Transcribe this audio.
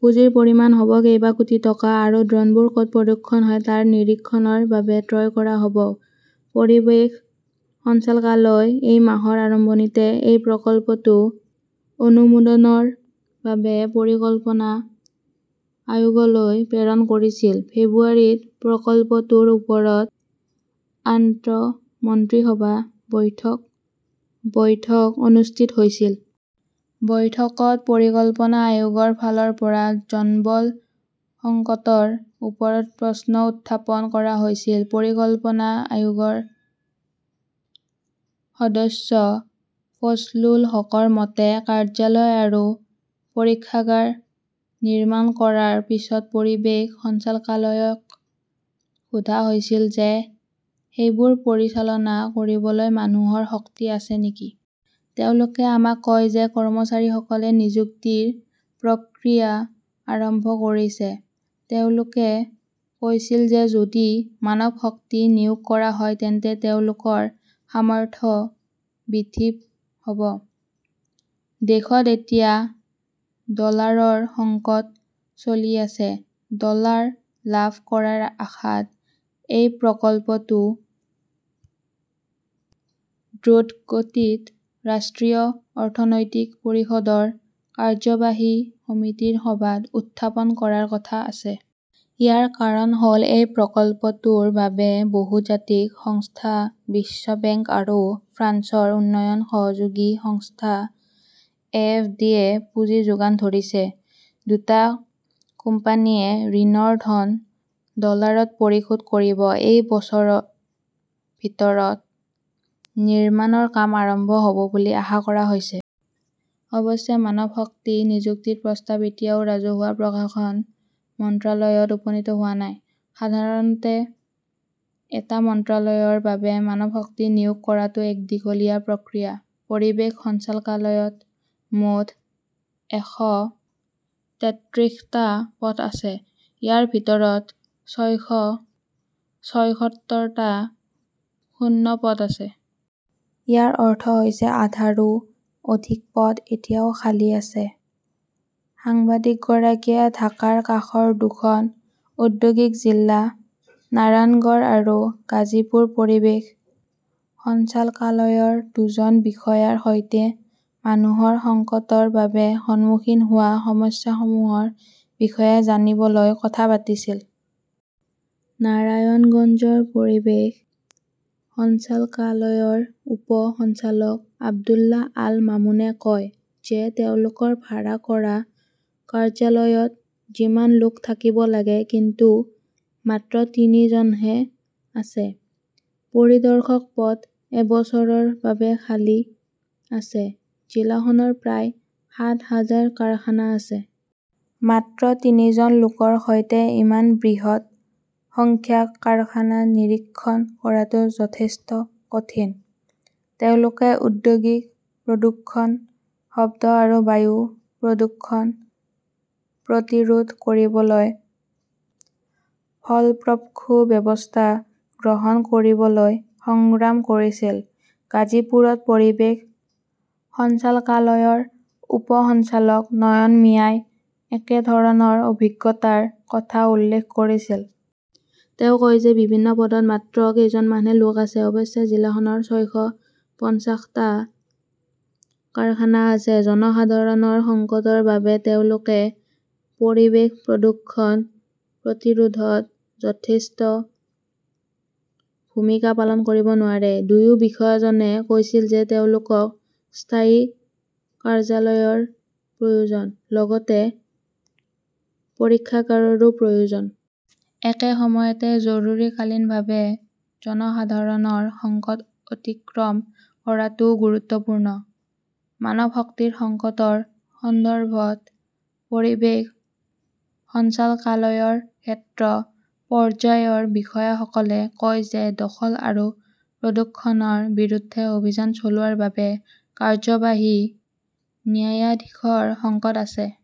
পুঁজিৰ পৰিমাণ হ'ব কেইবা কোটি টকা। আৰু ড্ৰোনবোৰ ক'ত প্ৰদূষণ হয় তাৰ নিৰীক্ষণৰ বাবে ক্ৰয় কৰা হ'ব। পৰিৱেশ সঞ্চালকালয়ই এই মাহৰ আৰম্ভণিতে এই প্ৰকল্পটো অনুমোদনৰ বাবে পৰিকল্পনা আয়োগলৈ প্ৰেৰণ কৰিছিল। ফেব্ৰুৱাৰীত প্ৰকল্পটোৰ ওপৰত আন্তঃমন্ত্ৰিসভা বৈঠক অনুষ্ঠিত হৈছিল। বৈঠকত পৰিকল্পনা আয়োগৰ ফালৰ পৰা জনবল সংকটৰ ওপৰত প্ৰশ্ন উত্থাপন কৰা হৈছিল। পৰিকল্পনা আয়োগৰ সদস্য ফজলুল হকৰ মতে, কাৰ্যালয় আৰু পৰীক্ষাগাৰ নিৰ্মাণ কৰাৰ পিছত পৰিৱেশ সঞ্চালকালয়ক সোধা হৈছিল যে সেইবোৰ পৰিচালনা কৰিবলৈ মানুহৰ শক্তি আছে নেকি। তেওঁলোকে আমাক কয় যে কৰ্মচাৰীসকলে নিযুক্তিৰ প্ৰক্ৰিয়া আৰম্ভ কৰিছে। তেওঁলোকে কৈছিল যে যদি মানৱশক্তি নিয়োগ কৰা হয় তেন্তে তেওঁলোকৰ সামৰ্থ্য বৃদ্ধি হ'ব। দেশত এতিয়া ডলাৰৰ সংকট চলি আছে। ডলাৰ লাভ কৰাৰ আশাত এই প্ৰকল্পটো দ্ৰুতগতিত ৰাষ্ট্ৰীয় অৰ্থনৈতিক পৰিষদৰ কাৰ্যবাহী সমিতিৰ সভাত উত্থাপন কৰাৰ কথা আছে। ইয়াৰ কাৰণ হ'ল এই প্ৰকল্পটোৰ বাবে বহুজাতিক সংস্থা বিশ্ব বেংক আৰু ফ্ৰান্সৰ উন্নয়ন সহযোগী সংস্থা এ. এফ. ডি. -য়ে পুঁজি যোগান ধৰিছে। দুটা কোম্পানীয়ে ঋণৰ ধন ডলাৰত পৰিশোধ কৰিব। এই বছৰৰ ভিতৰত নিৰ্মাণৰ কাম আৰম্ভ হ'ব বুলি আশা কৰা হৈছে। অৱশ্যে, মানৱশক্তি নিযুক্তিৰ প্ৰস্তাৱ এতিয়াও ৰাজহুৱা প্ৰশাসন মন্ত্ৰালয়ত উপনীত হোৱা নাই। সাধাৰণতে এটা মন্ত্ৰালয়ৰ বাবে মানৱশক্তি নিয়োগ কৰাটো এক দীঘলীয়া প্ৰক্ৰিয়া। পৰিৱেশ সঞ্চালকালয়ত মুঠ একশ তেত্ৰিশটা পদ আছে। ইয়াৰ ভিতৰত ছয়শ ছয়সত্তৰটা শূন্য পদ আছে। ইয়াৰ অৰ্থ হৈছে আধাৰো অধিক পদ এতিয়াও খালী আছে। সাংবাদিকগৰাকীয়ে ঢাকাৰ কাষৰ দুখন ঔদ্যোগিক জিলা নাৰায়ণগড় আৰু গাজীপুৰ পৰিৱেশ সঞ্চালকালয়ৰ দুজন বিষয়াৰ সৈতে মানুহৰ সংকটৰ বাবে সন্মুখীন হোৱা সমস্যাসমূহৰ বিষয়ে জানিবলৈ কথা পাতিছিল। নাৰায়ণগঞ্জৰ পৰিৱেশ সঞ্চালকালয়ৰ উপ সঞ্চালক আব্দুল্লাহ আল মামুনে কয় যে তেওঁলোকৰ ভাড়া কৰা কাৰ্যালয়ত যিমান লোক থাকিব লাগে কিন্তু মাত্ৰ তিনিজনহে আছে। পৰিদৰ্শক পদ এবছৰৰ বাবে খালী আছে। জিলাখনৰ প্ৰায় সাত হাজাৰ কাৰখানা আছে। মাত্ৰ তিনিজন লোকৰ সৈতে ইমান বৃহৎ সংখ্যক কাৰখানা নিৰীক্ষণ কৰাটো যথেষ্ট কঠিন। তেওঁলোকে ঔদ্যোগিক প্ৰদূষণ, শব্দ আৰু বায়ু প্ৰদূষণ প্ৰতিৰোধ কৰিবলৈ ফলপ্ৰসূ ব্যৱস্থা গ্ৰহণ কৰিবলৈ সংগ্ৰাম কৰিছিল। গাজীপুৰত পৰিৱেশ সঞ্চালকালয়ৰ উপ সঞ্চালক নয়ন মিয়াই একেধৰণৰ অভিজ্ঞতাৰ কথা উল্লেখ কৰিছিল। তেওঁ কয় যে বিভিন্ন পদত মাত্ৰ কেইজনমানহে লোক আছে। অৱশ্যে, জিলাখনৰ ছয়শ‌ পঞ্চাশটা কাৰখানা আছে। জনসাধাৰণৰ সংকটৰ বাবে তেওঁলোকে পৰিৱেশ প্ৰদূষণ প্ৰতিৰোধত যথেষ্ট ভূমিকা পালন কৰিব নোৱাৰে। দুয়ো বিষয়াজনে কৈছিল যে তেওঁলোকক স্থায়ী কাৰ্যালয়ৰ প্ৰয়োজন, লগতে পৰীক্ষাগাৰৰো প্ৰয়োজন। একে সময়তে জৰুৰীকালীনভাৱে জনসাধাৰণৰ সংকট অতিক্ৰম কৰাটোও গুৰুত্বপূৰ্ণ। মানৱশক্তিৰ সংকটৰ সন্দৰ্ভত পৰিৱেশ সঞ্চালকালয়ৰ ক্ষেত্ৰ পৰ্যায়ৰ বিষয়াসকলে কয় যে দখল আৰু প্ৰদূষণৰ বিৰুদ্ধে অভিযান চলোৱাৰ বাবে কাৰ্যবাহী ন্যায়াধীশৰ সংকট আছে।